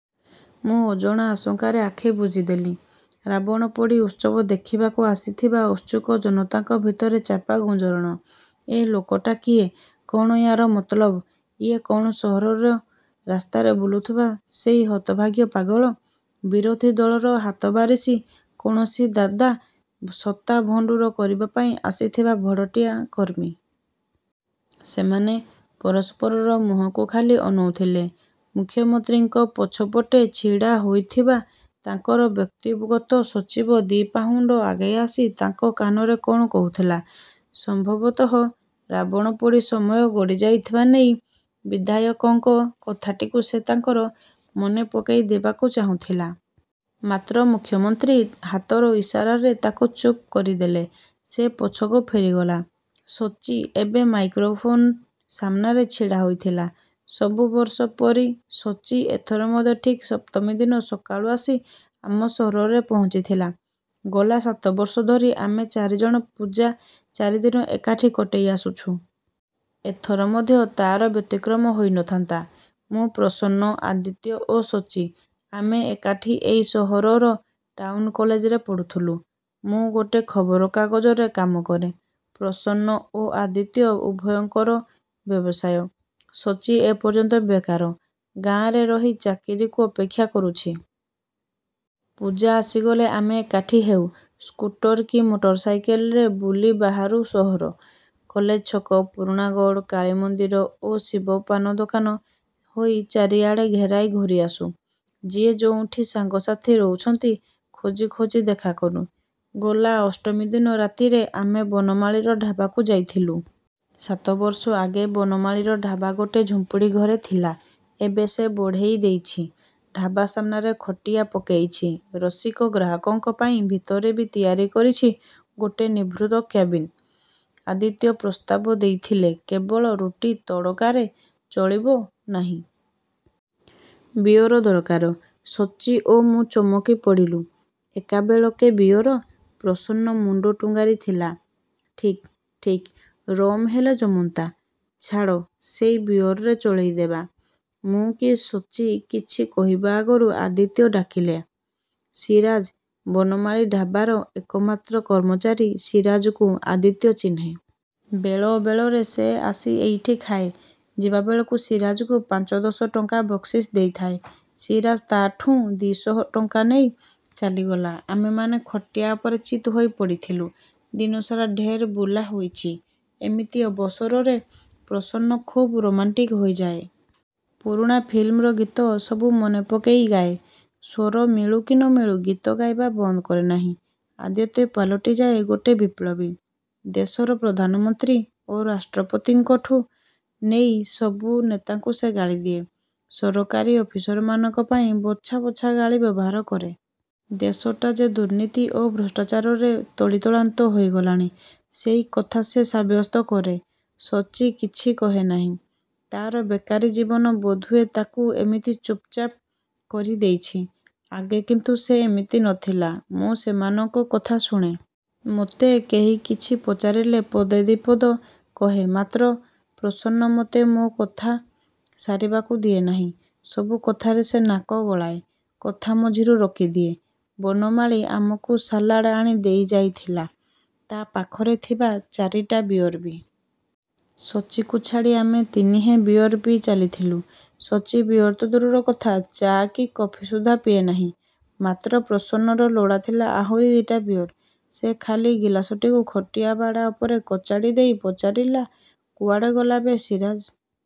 ମୁଁ ଅଜଣା ଆଶଙ୍କାରେ ଆଖି ବୁଜିଦେଲି। ରାବଣପୋଡ଼ି ଉତ୍ସବ ଦେଖିବାକୁ ଆସିଥିବା ଉତ୍ସୁକ ଜନତାଙ୍କ ଭିତରେ ଚାପା ଗୁଞ୍ଜରଣ–ଏ ଟୋକାଟା କିଏ? କଣ ୟାର ମତଲବ? ଇଏ କଣ ସହରର ରାସ୍ତାରେ ବୁଲୁଥିବା ସେଇ ହତଭାଗ୍ୟ ପାଗଳ? ବିରୋଧୀ ଦଳର ହାତବାରିସି କୌଣସି ଦାଦା? ସତ୍ତା ଭଣ୍ଡୁର କରିବା ପାଇଁ ଆସିଥିବା ଭଡ଼ାଟିଆ କର୍ମୀ? ସେମାନେ ପରସ୍ପରର ମୁହଁକୁ ଖାଲି ଅନଉଥିଲେ। ମୁଖ୍ୟମନ୍ତ୍ରୀଙ୍କ ପଛପଟେ ଛିଡ଼ା ହୋଇଥିବା ତାଙ୍କର ବ୍ୟକ୍ତିଗତ ସଚିବ ଦି ପାହୁଣ୍ଡ ଆଗେଇ ଆସି ତାଙ୍କ କାନରେ କଣ କହୁଥିଲା। ସମ୍ଭବତଃ ରାବଣପୋଡ଼ି ସମୟ ଗଡ଼ିଯାଉଥିବା ନେଇ ବିଧାୟକଙ୍କ କଥାଟିକୁ ସେ ତାଙ୍କର ମନେ ପକେଇ ଦେବାକୁ ଚାହୁଁଥିଲା। ମାତ୍ର ମୁଖ୍ୟମନ୍ତ୍ରୀ ହାତର ଇସାରାରେ ତାକୁ ଚୁପ୍ କରିଦେଲେ। ସେ ପଛକୁ ଫେରିଗଲା। ସଚ୍ଚି ଏବେ ମାଇକ୍ରୋଫୋନ ସାମ୍ନାରେ ଛିଡ଼ା ହୋଇଥିଲା। ସବୁ ବର୍ଷ ପରି ସଚ୍ଚି ଏଥର ମଧ୍ୟ ଠିକ୍ ସପ୍ତମୀ ଦିନ ସକାଳୁ ଆସି ଆମ ସହରରେ ପହଞ୍ଚିଥିଲା। ଗଲା ସାତବର୍ଷ ଧରି ଆମେ ଚାରିଜଣ ପୂଜା ଚାରିଦିନ ଏକାଠି କଟେଇ ଆସୁଛୁ। ଏଥର ମଧ୍ୟ ତାର ବ୍ୟତିକ୍ରମ ହୋଇ ନଥାନ୍ତା। ମୁଁ, ପ୍ରସନ୍ନ, ଆଦିତ୍ୟ ଓ ସଚ୍ଚି। ଆମେ ଏକାଠି ଏଇ ସହରର ଟାଉନ୍ କଲେଜରେ ପଢ଼ୁଥିଲୁ। ମୁଁ ଗୋଟେ ଖବରକାଗଜରେ କାମ କରେ। ପ୍ରସନ୍ନ ଓ ଆଦିତ୍ୟ ଉଭୟଙ୍କର ବ୍ୟବସାୟ। ସଚ୍ଚି ଏ ପର୍ଯ୍ୟନ୍ତ ବେକାର। ଗାଁରେ ରହି ଚାକିରିକୁ ଅପେକ୍ଷା କରୁଛି। ପୂଜା ଆସିଗଲେ ଆମେ ଏକାଠି ହେଉ। ସ୍କୁଟର କି ମଟର ସାଇକେଲରେ ବୁଲି ବାହାରୁ ସହର। କଲେଜ ଛକ, ପୁରୁଣାଗଡ଼, କାଳୀ ମନ୍ଦିର ଓ ଶିବ ପାନଦୋକାନ ହୋଇ ଚାରିଆଡ଼େ ଘେରାଏ ଘୂରିଆସୁ। ଯିଏ ଯୋଉଠି ସାଙ୍ଗସାଥୀ ରହୁଛନ୍ତି ଖୋଜି ଖୋଜି ଦେଖାକରୁ। ଗଲା ଅଷ୍ଟମୀ ଦିନ ରାତିରେ ଆମେ ବନମାଳୀର ଢାବାକୁ ଯାଇଥିଲୁ। ସାତବର୍ଷ ଆଗେ ବନମାଳୀର ଢାବା ଗୋଟେ ଝୁମ୍ପୁଡ଼ି ଘରେ ଥିଲା, ଏବେ ସେ ବଢ଼େଇ ଦେଇଛି। ଢାବା ସାମ୍ନାରେ ଖଟିଆ ପକେଇଛି, ରସିକ ଗ୍ରାହକଙ୍କ ପାଇଁ ଭିତରେ ବି ତିଆରି କରିଛି ଗୋଟେ ନିଭୃତ କ୍ୟାବିନ। ଆଦିତ୍ୟ ପ୍ରସ୍ତାବ ଦେଇଥିଲେ, "କେବଳ ରୁଟି ତଡ଼କାରେ ଚଳିବ ନାହିଁ। ବିଅର ଦରକାର।"ସଚ୍ଚି ଓ ମୁଁ ଚମକି ପଡ଼ିଲୁ। ଏକାବେଳକେ ବିଅର! ପ୍ରସନ୍ନ ମୁଣ୍ଡ ଟୁଙ୍ଗାରିଥିଲା, "ଠିକ୍, ଠିକ୍। ରମ୍ ହେଲେ ଜମନ୍ତା। ଛାଡ଼ ସେଇ ବିଅରରେ ଚଳେଇଦେବା।" ମୁଁ କି ସଚ୍ଚି କିଛି କହିବା ଆଗରୁ ଆଦିତ୍ୟ ଡାକିଲା, "ସିରାଜ୍!"ବନମାଳୀ ଢାବାର ଏକମାତ୍ର କର୍ମଚାରୀ ସିରାଜକୁ ଆଦିତ୍ୟ ଚିହ୍ନେ। ବେଳ ଅବେଳରେ ସେ ଆସି ଏଇଠି ଖାଏ। ଯିବାବେଳକୁ ସିରାଜକୁ ପାଞ୍ଚ ଦଶ ଟଙ୍କା ବକ୍ସିସ୍ ଦେଇଥାଏ। ସିରାଜ ତାଠୁଁ ଦି ଶହ ଟଙ୍କା ନେଇ ଚାଲିଗଲା। ଆମେମାନେ ଖଟିଆ ଉପରେ ଚିତ୍ ହୋଇ ପଡ଼ିଥିଲୁ। ଦିନସାରା ଢେର୍ ବୁଲା ହୋଇଛି। ଏମିତି ଅବସରରେ ପ୍ରସନ୍ନ ଖୁବ୍ ରୋମାଣ୍ଟିକ୍ ହୋଇଯାଏ। ପୁରୁଣା ଫିଲ୍ମର ଗୀତ ସବୁ ମନେପକେଇ ଗାଏ। ସ୍ୱର ମିଳୁ କି ନମିଳୁ ଗୀତ ଗାଇବା ବନ୍ଦ କରେ ନାହିଁ। ଆଦିତ୍ୟ ପାଲଟିଯାଏ ଗୋଟେ ବିପ୍ଳବୀ। ଦେଶର ପ୍ରଧାନମନ୍ତ୍ରୀ ଓ ରାଷ୍ଟ୍ରପତିଙ୍କଠୁଁ ନେଇ ସବୁ ନେତାଙ୍କୁ ସେ ଗାଳିଦିଏ। ସରକାରୀ ଅଫିସରମାନଙ୍କ ପାଇଁ ବଛା ବଛା ଗାଳି ବ୍ୟବହାର କରେ। ଦେଶଟା ଯେ ଦୁର୍ନୀତି ଓ ଭ୍ରଷ୍ଟାଚାରରେ ତଳିତଳାନ୍ତ ହୋଇଗଲାଣି, ସେଇକଥା ସେ ସାବ୍ୟସ୍ତ କରେ। ସଚ୍ଚି କିଛି କହେ ନାହିଁ। ତାର ବେକାରୀ ଜୀବନ ବୋଧହୁଏ ତାକୁ ଏମିତି ଚୁପ୍‌ଚାପ୍ କରି ଦେଇଛି। ଆଗେ କିନ୍ତୁ ସେ ଏମିତି ନ ଥିଲା। ମୁଁ ସେମାନଙ୍କ କଥା ଶୁଣେ। ମୋତେ କେହି କିଛି ପଚାରିଲେ ପଦେ ଦି ପଦ କହେ। ମାତ୍ର ପ୍ରସନ୍ନ ମୋତେ ମୋ କଥା ସାରିବାକୁ ଦିଏ ନାହିଁ। ସବୁ କଥାରେ ସେ ନାକ ଗଳାଏ। କଥା ମଝିରୁ ରୋକିଦିଏ। ବନମାଳୀ ଆମକୁ ସାଲାଡ ଆଣି ଦେଇ ଯାଇଥିଲା। ତା ପାଖରେ ଥିବା ଚାରିଟା ବିଅର ବି। ସଚ୍ଚିକୁ ଛାଡ଼ି ଆମେ ତିନିହେଁ ବିଅର ପିଇ ଚାଲିଥିଲୁ। ସଚ୍ଚି ବିଅର ତ ଦୂରର କଥା, ଚା କି କଫି ସୁଦ୍ଧା ପିଏ ନାହିଁ। ମାତ୍ର ପ୍ରସନ୍ନର ଲୋଡ଼ା ଥିଲା ଆହୁରି ଦିଇଟା ବିଅର। ସେ ଖାଲି ଗିଲାସଟିକୁ ଖଟିଆ ବାଡ଼ା ଉପରେ କଚାଡ଼ି ଦେଇ ପଚାରିଲା, "କୁଆଡ଼େ ଗଲା ବେ ସିରାଜ!"।